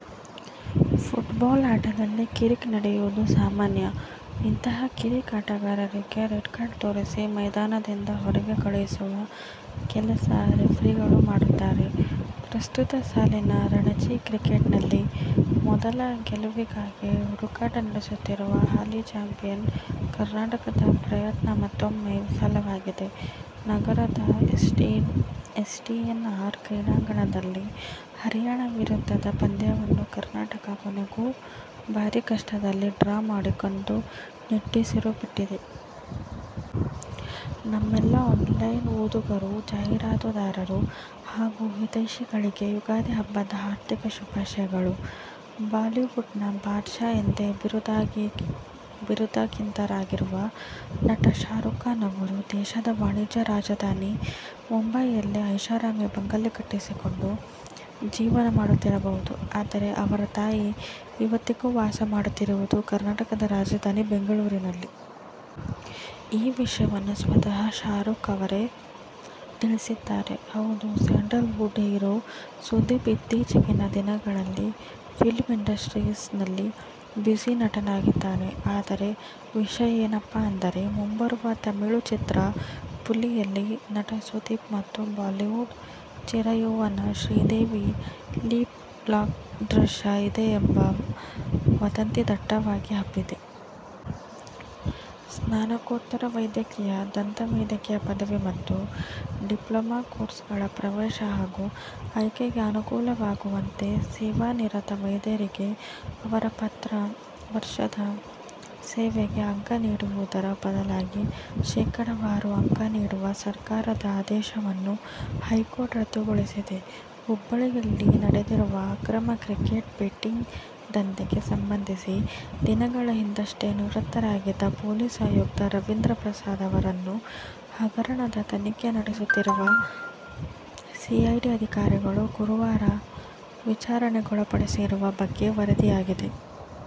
Football ಆಟದಲ್ಲಿ ಕಿರಿಕ್ ನಡೆಯುವುದು ಸಾಮಾನ್ಯ. ಇಂತಹ ಕಿರಿಕ್ ಆಟಗಾರರಿಗೆ ರೆಡ್ ಕಾರ್ಡ್ ತೋರಿಸಿ ಮೈದಾನದಿಂದ ಹೊರಗೆ ಕಳುಹಿಸುವ ಕೆಲಸ ರೆಫ್ರಿಗಳು ಮಾಡುತ್ತಾರೆ. ಪ್ರಸ್ತುತ ಸಾಲಿನ ರಣಜಿ ಕ್ರಿಕೆಟ್ನಲ್ಲಿ ಮೊದಲ ಗೆಲುವಿಗಾಗಿ ಹುಡುಕಾಟ ನಡೆಸುತ್ತಿರುವ ಹಾಲಿ ಚಾಂಪಿಯನ್ ಕರ್ನಾಟಕದ ಪ್ರಯತ್ನ ಮತ್ತೂಮ್ಮೆ ವಿಫಲವಾಗಿದೆ. ನಗರದ ಎಸ್ಡಿಎನ್ಆರ್ ಕ್ರೀಡಾಂಗಣದಲ್ಲಿ ಹರಿಯಾಣ ವಿರುದ್ಧದ ಪಂದ್ಯವನ್ನು ಕರ್ನಾಟಕ ಕೊನೆಗೂ ಬಾರೀ ಕಷ್ಟದಲ್ಲಿ ಡ್ರಾ ಮಾಡಿಕೊಂಡು ನಿಟ್ಟುಸಿರು ಬಿಟ್ಟಿದೆ. ನಮ್ಮೆಲ್ಲಾ ಆನ್ಲೈನ್ ಓದುಗರು, ಜಾಹೀರಾತುದಾರರು ಹಾಗೂ ಹಿತೈಷಿಗಳಿಗೆ ಯುಗಾದಿ ಹಬ್ಬದ ಹಾರ್ದಿಕ ಶುಭಾಶಯಗಳು. ಬಾಲಿವುಡ್ನ ಬಾದ್ ಶಾ ಎಂದೇ ಬಿರುದಾಂಕಿತರಾಗಿರುವ ನಟ ಶಾರುಖ್ ಖಾನ್ ಅವರು ದೇಶದ ವಾಣಿಜ್ಯ ರಾಜಧಾನಿ ಮುಂಬೈನಲ್ಲಿ ಐಷಾರಾಮಿ ಬಂಗಲೆ ಕಟ್ಟಿಸಿಕೊಂಡು ಜೀವನ ಮಾಡುತ್ತಿರಬಹುದು. ಆದರೆ ಅವರ ತಾಯಿ ಇವತ್ತಿಗೂ ವಾಸ ಮಾಡುತ್ತಿರುವುದು ಕರ್ನಾಟಕದ ರಾಜಧಾನಿ ಬೆಂಗಳೂರಿನಲ್ಲಿ! ಈ ವಿಷಯವನ್ನು ಸ್ವತಃ ಶಾರುಖ್ ಅವರೇ ತಿಳಿಸಿದ್ದಾರೆ. ಹೌದು ಸ್ಯಾಂಡಲ್ ವುಡ್ ಹೀರೋ ಸುದೀಪ್ ಇತ್ತೀಚೆಗಿನ ದಿನಗಳಲ್ಲಿ ಫಿಲ್ಮ್ ಇಂಡಸ್ಟ್ರೀಸ್ ನಲ್ಲಿ ಬ್ಯುಸಿ ನಟನಾಗಿದ್ದಾರೆ. ಆದರೆ ವಿಷಯ ಏನಪ್ಪಾ ಅಂದರೆ ಮುಂಬರುವ ತಮಿಳು ಚಿತ್ರ ಪುಲಿಯಲ್ಲಿ ನಟ ಸುದೀಪ್ ಮತ್ತು ಬಾಲಿವುಡ್ ಚಿರಯೌವನೆ ಶ್ರೀದೇವಿ ಲಿಪ್ ಲಾಕ್ ದೃಶ್ಯ ಇದೆ ಎಂಬ ವದಂತಿ ದಟ್ಟವಾಗಿ ಹಬ್ಬಿದೆ. ಸ್ನಾತಕೋತ್ತರ ವೈದ್ಯಕೀಯ, ದಂತ ವೈದ್ಯಕೀಯ ಪದವಿ ಮತ್ತು ಡಿಪ್ಲೊಮಾ ಕೋರ್ಸ್ಗಳ ಪ್ರವೇಶ ಹಾಗೂ ಆಯ್ಕೆಗೆ ಅನುಕೂಲವಾಗುವಂತೆ ಸೇವಾನಿರತ ವೈದ್ಯರಿಗೆ ಅವರ ಪ್ರತಿ ವರ್ಷದ ಸೇವೆಗೆ ಅಂಕ ನೀಡುವುದರ ಬದಲಾಗಿ ಶೇಕಡಾವಾರು ಅಂಕ ನೀಡುವ ಸರ್ಕಾರದ ಆದೇಶವನ್ನು ಹೈಕೋರ್ಟ್ ರದ್ದುಗೊಳಿಸಿದೆ. ಹುಬ್ಬಳ್ಳಿಯಲ್ಲಿ ನಡೆದಿರುವ ಅಕ್ರಮ ಕ್ರಿಕೆಟ್ ಬೆಟ್ಟಿಂಗ್ ದಂಧೆಗೆ ಸಂಬಂಧಿಸಿ ದಿನಗಳ ಹಿಂದಷ್ಟೆ ನಿವೃತ್ತರಾಗಿದ್ದ ಪೊಲೀಸ್ ಆಯುಕ್ತ ರವೀಂದ್ರ ಪ್ರಸಾದ್ ಅವರನ್ನು ಹಗರಣದ ತನಿಖೆ ನಡೆಸುತ್ತಿರುವ ಸಿಐಡಿ ಅಧಿಕಾರಿಗಳು ಗುರುವಾರ ವಿಚಾರಣೆಗೊಳಪಡಿಸಿರುವ ಬಗ್ಗೆ ವರದಿಯಾಗಿದೆ.